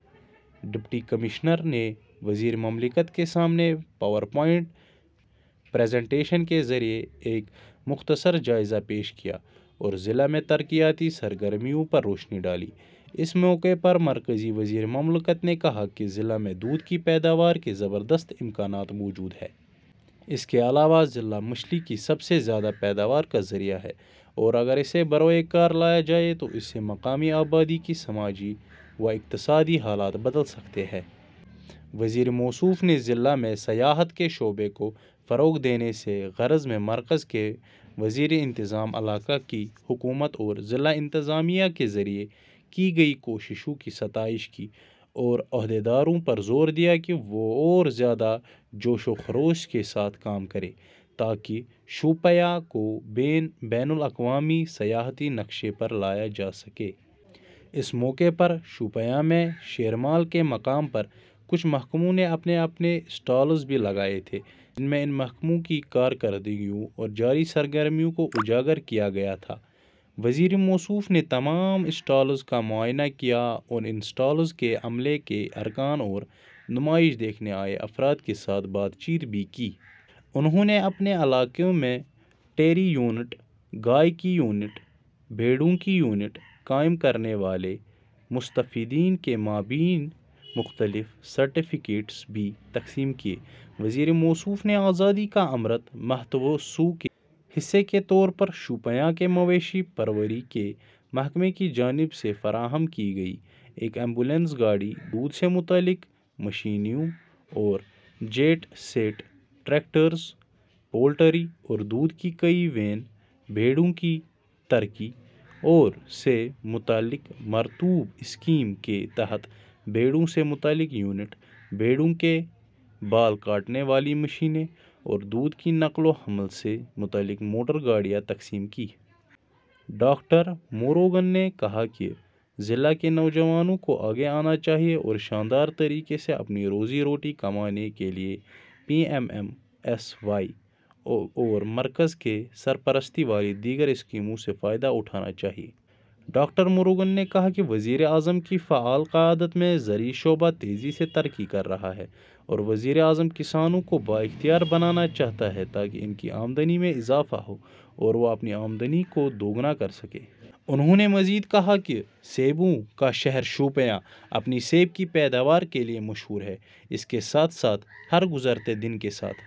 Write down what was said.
Deputy commissioner نے وزیر مملکت کے سامنے پاور پوائنٹ پریزینٹیشن کے ذریعہ ایک مختصر جائزہ پیش کیا اور ضلع میں ترقیاتی سرگرمیوں پر روشنی ڈالی۔ اس موقع پر مرکزی وزیر مملکت نے کہا کہ ضلع میں دودھ کی پیداوار کے زبردست امکانات موجود ہیں۔ اس کے علاوہ ضلع مچھلی کی سب سے زیادہ پیداوار کا ذریعہ ہے اور اگر اسے بروئے کار لایا جائے تو اس سے مقامی آبادی کے سماجی و اقتصادی حالات بدل سکتے ہیں۔ وزیر موصوف نے ضلع میں سیاحت کے شعبے کو فروغ دینے کی غرض سے مرکز کے زیر انتظام علاقے کی حکومت اور ضلع انتظامیہ کے ذریعہ کی گئی کوششوں کی ستائش کی اور عہدیداروں پر زور دیا کہ وہ اور زیادہ جوش و خروش کے ساتھ کام کریں تاکہ شوپیاں کو بین الاقوامی سیاحتی نقشے پر لایا جا سکے۔ اس موقع پر شوپیاں میں شیرمال کے مقام پر کچھ محکموں نے اپنے اپنے اسٹالز بھی لگائے تھے جن میں ان محکموں کی کارکردگیوں اور جاری سرگرمیوں کو اجاگر کیا گیا تھا۔ وزیر موصوف نے تمام اسٹالز کا معائنہ کیا اور ان اسٹالز کے عملے کے ارکان اور نمائش دیکھنے آئے افراد کے ساتھ بات چیت بھی کی۔ انہوں نے اپنے اپنے علاقوں میں ڈیری یونٹ، گائے کے یونٹ، بھیڑوں کے یونٹ قائم کرنے والے مستفیدین کے مابین مختلف سرٹیفکیٹس بھی تقسیم کیے۔ وزیر موصوف نے آزادی کا امرت مہوتسو کے حصے کے طور پر شوپیاں کے مویشی پروری کے محکمے کی جانب سے فراہم کی گئی ایک ایمبولینس گاڑی، دودھ سے متعلق مشینیں اور جین سیٹ، ٹریکٹرز، پولٹری اور دودھ کی کئی وین، بھیڑوں کی ترقی سے متعلق مربوط اسکیم کے تحت بھیڑوں سے متعلق یونٹ، بھیڑوں کے بال کاٹنے والی مشینیں اور دودھ کی نقل و حمل سے متعلق موٹر گاڑیاں تقسیم کیں۔ ڈاکٹر موروگن نے کہا کہ ضلع کے نوجوانوں کو آگے آنا چاہیے اور شاندار طریقے سے اپنی روزی روٹی کمانے کے لیے P M M S Y اور مرکز کی سرپرستی والی دیگر اسکیموں سے فائدہ اٹھانا چاہیے۔ ڈاکٹر موروگن نے کہا کہ وزیر اعظم کی فعال قیادت میں زرعی شعبہ تیزی سے ترقی کر رہا ہے اور وزیر اعظم کسانوں کو بااختیار بنانا چاہتے ہیں تاکہ ان کی آمدنی میں اضافہ ہو اور وہ اپنی آمدنی کو دوگنا کرسکیں۔ انہوں نے مزید کہا کہ سیبوں کا شہر شوپیاں، اپنی سیب کی پیداوار کے لیے مشہور ہے، اس کے ساتھ ساتھ ہر گزرتے دن کے ساتھ